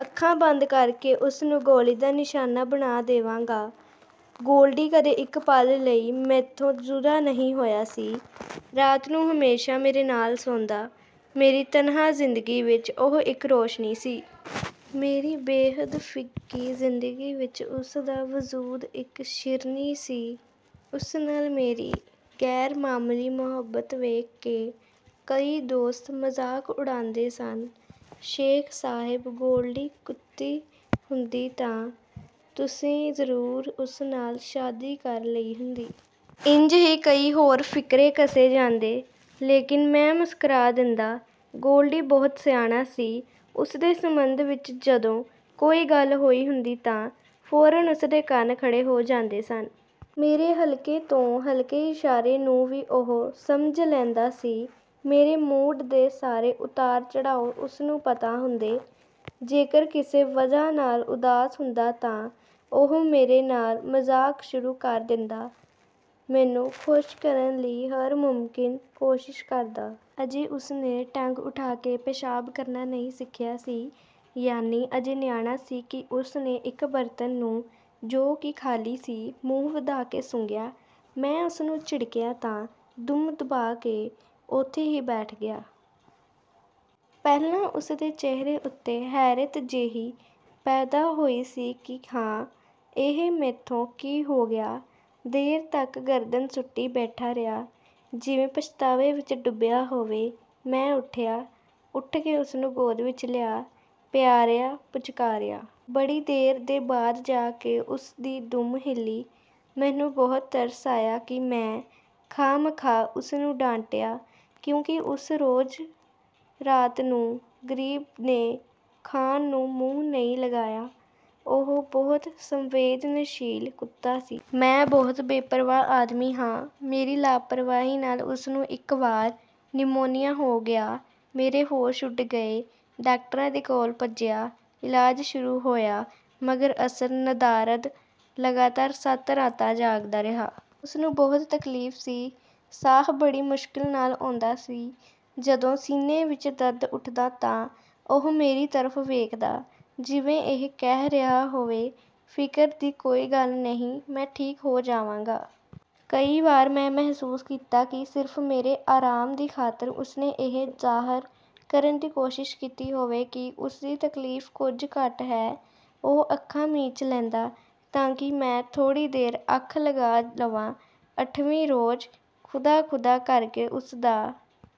ਅੱਖਾਂ ਬੰਦ ਕਰਕੇ ਉਸਨੂੰ ਗੋਲੀ ਦਾ ਨਿਸ਼ਾਨਾ ਬਣਾ ਦੇਵਾਂਗਾ। ਗੋਲਡੀ ਕਦੇ ਇੱਕ ਪਲ ਲਈ ਮੈਥੋਂ ਜੁਦਾ ਨਹੀਂ ਹੋਇਆ ਸੀ। ਰਾਤ ਨੂੰ ਹਮੇਸ਼ਾ ਮੇਰੇ ਨਾਲ ਸੌਂਦਾ। ਮੇਰੀ ਤਨਹਾ ਜ਼ਿੰਦਗੀ ਵਿੱਚ ਉਹ ਇੱਕ ਰੋਸ਼ਨੀ ਸੀ। ਮੇਰੀ ਬੇਹੱਦ ਫਿੱਕੀ ਜ਼ਿੰਦਗੀ ਵਿੱਚ ਉਸਦਾ ਵਜੂਦ ਇੱਕ ਸ਼ੀਰਨੀ ਸੀ। ਉਸ ਨਾਲ ਮੇਰੀ ਗ਼ੈਰਮਾਮੂਲੀ ਮੁਹੱਬਤ ਵੇਖ ਕੇ ਕਈ ਦੋਸਤ ਮਜ਼ਾਕ ਉੜਾਂਦੇ ਸਨ। ਸ਼ੇਖ ਸਾਹਿਬ ਗੋਲਡੀ ਕੁੱਤੀ ਹੁੰਦੀ ਤਾਂ ਤੁਸੀਂ ਜ਼ਰੂਰ ਉਸ ਨਾਲ ਸ਼ਾਦੀ ਕਰ ਲਈ ਹੁੰਦੀ। ਇੰਜ ਹੀ ਕਈ ਹੋਰ ਫ਼ਿਕਰੇ ਕਸੇ ਜਾਂਦੇ, ਲੇਕਿਨ ਮੈਂ ਮੁਸਕਰਾ ਦਿੰਦਾ। ਗੋਲਡੀ ਬਹੁਤ ਸਿਆਣਾ ਸੀ। ਉਸ ਦੇ ਸੰਬੰਧ ਵਿੱਚ ਜਦੋਂ ਕੋਈ ਗੱਲ ਹੋਈ ਹੁੰਦੀ ਤਾਂ ਫ਼ੌਰਨ ਉਸ ਦੇ ਕੰਨ ਖੜੇ ਹੋ ਜਾਂਦੇ ਸਨ। ਮੇਰੇ ਹਲਕੇ ਤੋਂ ਹਲਕੇ ਇਸ਼ਾਰੇ ਨੂੰ ਵੀ ਉਹ ਸਮਝ ਲੈਂਦਾ ਸੀ। ਮੇਰੇ ਮੂਡ ਦੇ ਸਾਰੇ ਉਤਾਰ ਚੜ੍ਹਾਓ ਉਸਨੂੰ ਪਤਾ ਹੁੰਦੇ। ਜੇਕਰ ਕਿਸੇ ਵਜ੍ਹਾ ਨਾਲ ਉਦਾਸ ਹੁੰਦਾ ਤਾਂ ਉਹ ਮੇਰੇ ਨਾਲ ਮਜ਼ਾਕ ਸ਼ੁਰੂ ਕਰ ਦਿੰਦਾ, ਮੈਨੂੰ ਖ਼ੁਸ਼ ਕਰਨ ਲਈ ਹਰ ਮੁਮਕਿਨ ਕੋਸ਼ਿਸ਼ ਕਰਦਾ। ਅਜੇ ਉਸ ਨੇ ਟੰਗ ਉਠਾ ਕੇ ਪੇਸ਼ਾਬ ਕਰਨਾ ਨਹੀਂ ਸਿੱਖਿਆ ਸੀ, ਯਾਨੀ ਅਜੇ ਨਿਆਣਾ ਸੀ ਕਿ ਉਸ ਨੇ ਇੱਕ ਬਰਤਨ ਨੂੰ, ਜੋ ਕਿ ਖ਼ਾਲੀ ਸੀ, ਮੂੰਹ ਵਧਾ ਕੇ ਸੁੰਘਿਆ। ਮੈਂ ਉਸਨੂੰ ਝਿੜਕਿਆ ਤਾਂ ਦੁਮ ਦਬਾ ਕੇ ਉਥੇ ਹੀ ਬੈਠ ਗਿਆ। ਪਹਿਲਾਂ ਉਸ ਦੇ ਚਿਹਰੇ ਉੱਤੇ ਹੈਰਤ ਜਿਹੀ ਪੈਦਾ ਹੋਈ ਸੀ ਕਿ ਹਾਂ, ਇਹ ਮੈਥੋਂ ਕੀ ਹੋ ਗਿਆ। ਦੇਰ ਤੱਕ ਗਰਦਨ ਸੁੱਟੀ ਬੈਠਾ ਰਿਹਾ, ਜਿਵੇਂ ਪਛਤਾਵੇ ਵਿੱਚ ਡੁੱਬਿਆ ਹੋਵੇ। ਮੈਂ ਉੱਠਿਆ। ਉਠ ਕੇ ਉਸਨੂੰ ਗੋਦ ਵਿੱਚ ਲਿਆ, ਪਿਆਰਿਆ ਪੁਚਕਾਰਿਆ। ਬੜੀ ਦੇਰ ਦੇ ਬਾਅਦ ਜਾ ਕੇ ਉਸਦੀ ਦੁਮ ਹਿਲੀ। ਮੈਨੂੰ ਬਹੁਤ ਤਰਸ ਆਇਆ ਕਿ ਮੈਂ ਖ਼ਾਹ ਮਖ਼ਾਹ ਉਸਨੂੰ ਡਾਂਟਿਆ ਕਿਉਂਕਿ ਉਸ ਰੋਜ਼ ਰਾਤ ਨੂੰ ਗਰੀਬ ਨੇ ਖਾਣ ਨੂੰ ਮੂੰਹ ਨਹੀਂ ਲਗਾਇਆ। ਉਹ ਬਹੁਤ ਸੰਵੇਦਨਸ਼ੀਲ ਕੁੱਤਾ ਸੀ। ਮੈਂ ਬਹੁਤ ਬੇਪਰਵਾਹ ਆਦਮੀ ਹਾਂ। ਮੇਰੀ ਲਾਪਰਵਾਹੀ ਨਾਲ ਉਸ ਨੂੰ ਇੱਕ ਵਾਰ ਨਿਮੋਨੀਆ ਹੋ ਗਿਆ। ਮੇਰੇ ਹੋਸ਼ ਉੱਡ ਗਏ। ਡਾਕਟਰਾਂ ਦੇ ਕੋਲ ਭੱਜਿਆ। ਇਲਾਜ ਸ਼ੁਰੂ ਹੋਇਆ। ਮਗਰ ਅਸਰ ਨਦਾਰਦ। ਲਗਾਤਾਰ ਸੱਤ ਰਾਤਾਂ ਜਾਗਦਾ ਰਿਹਾ। ਉਸਨੂੰ ਬਹੁਤ ਤਕਲੀਫ਼ ਸੀ। ਸਾਹ ਬੜੀ ਮੁਸ਼ਕਲ ਨਾਲ ਆਉਂਦਾ ਸੀ। ਜਦੋਂ ਸੀਨੇ ਵਿੱਚ ਦਰਦ ਉੱਠਦਾ ਤਾਂ ਉਹ ਮੇਰੀ ਤਰਫ਼ ਵੇਖਦਾ, ਜਿਵੇਂ ਇਹ ਕਹਿ ਰਿਹਾ ਹੋਵੇ, ਫ਼ਿਕਰ ਦੀ ਕੋਈ ਗੱਲ ਨਹੀਂ, ਮੈਂ ਠੀਕ ਹੋ ਜਾਵਾਂਗਾ। ਕਈ ਵਾਰ ਮੈਂ ਮਹਿਸੂਸ ਕੀਤਾ ਕਿ ਸਿਰਫ ਮੇਰੇ ਆਰਾਮ ਦੀ ਖ਼ਾਤਰ ਉਸ ਨੇ ਇਹ ਜ਼ਾਹਰ ਕਰਨ ਦੀ ਕੋਸ਼ਿਸ਼ ਕੀਤੀ ਹੋਵੇ ਕਿ ਉਸਦੀ ਤਕਲੀਫ ਕੁੱਝ ਘੱਟ ਹੈ। ਉਹ ਅੱਖਾਂ ਮੀਚ ਲੈਂਦਾ, ਤਾਂਕਿ ਮੈਂ ਥੋੜ੍ਹੀ ਦੇਰ ਅੱਖ ਲਗਾ ਲਵਾਂ। ਅਠਵੀਂ ਰੋਜ਼ ਖ਼ੁਦਾ ਖ਼ੁਦਾ ਕਰਕੇ ਉਸ ਦਾ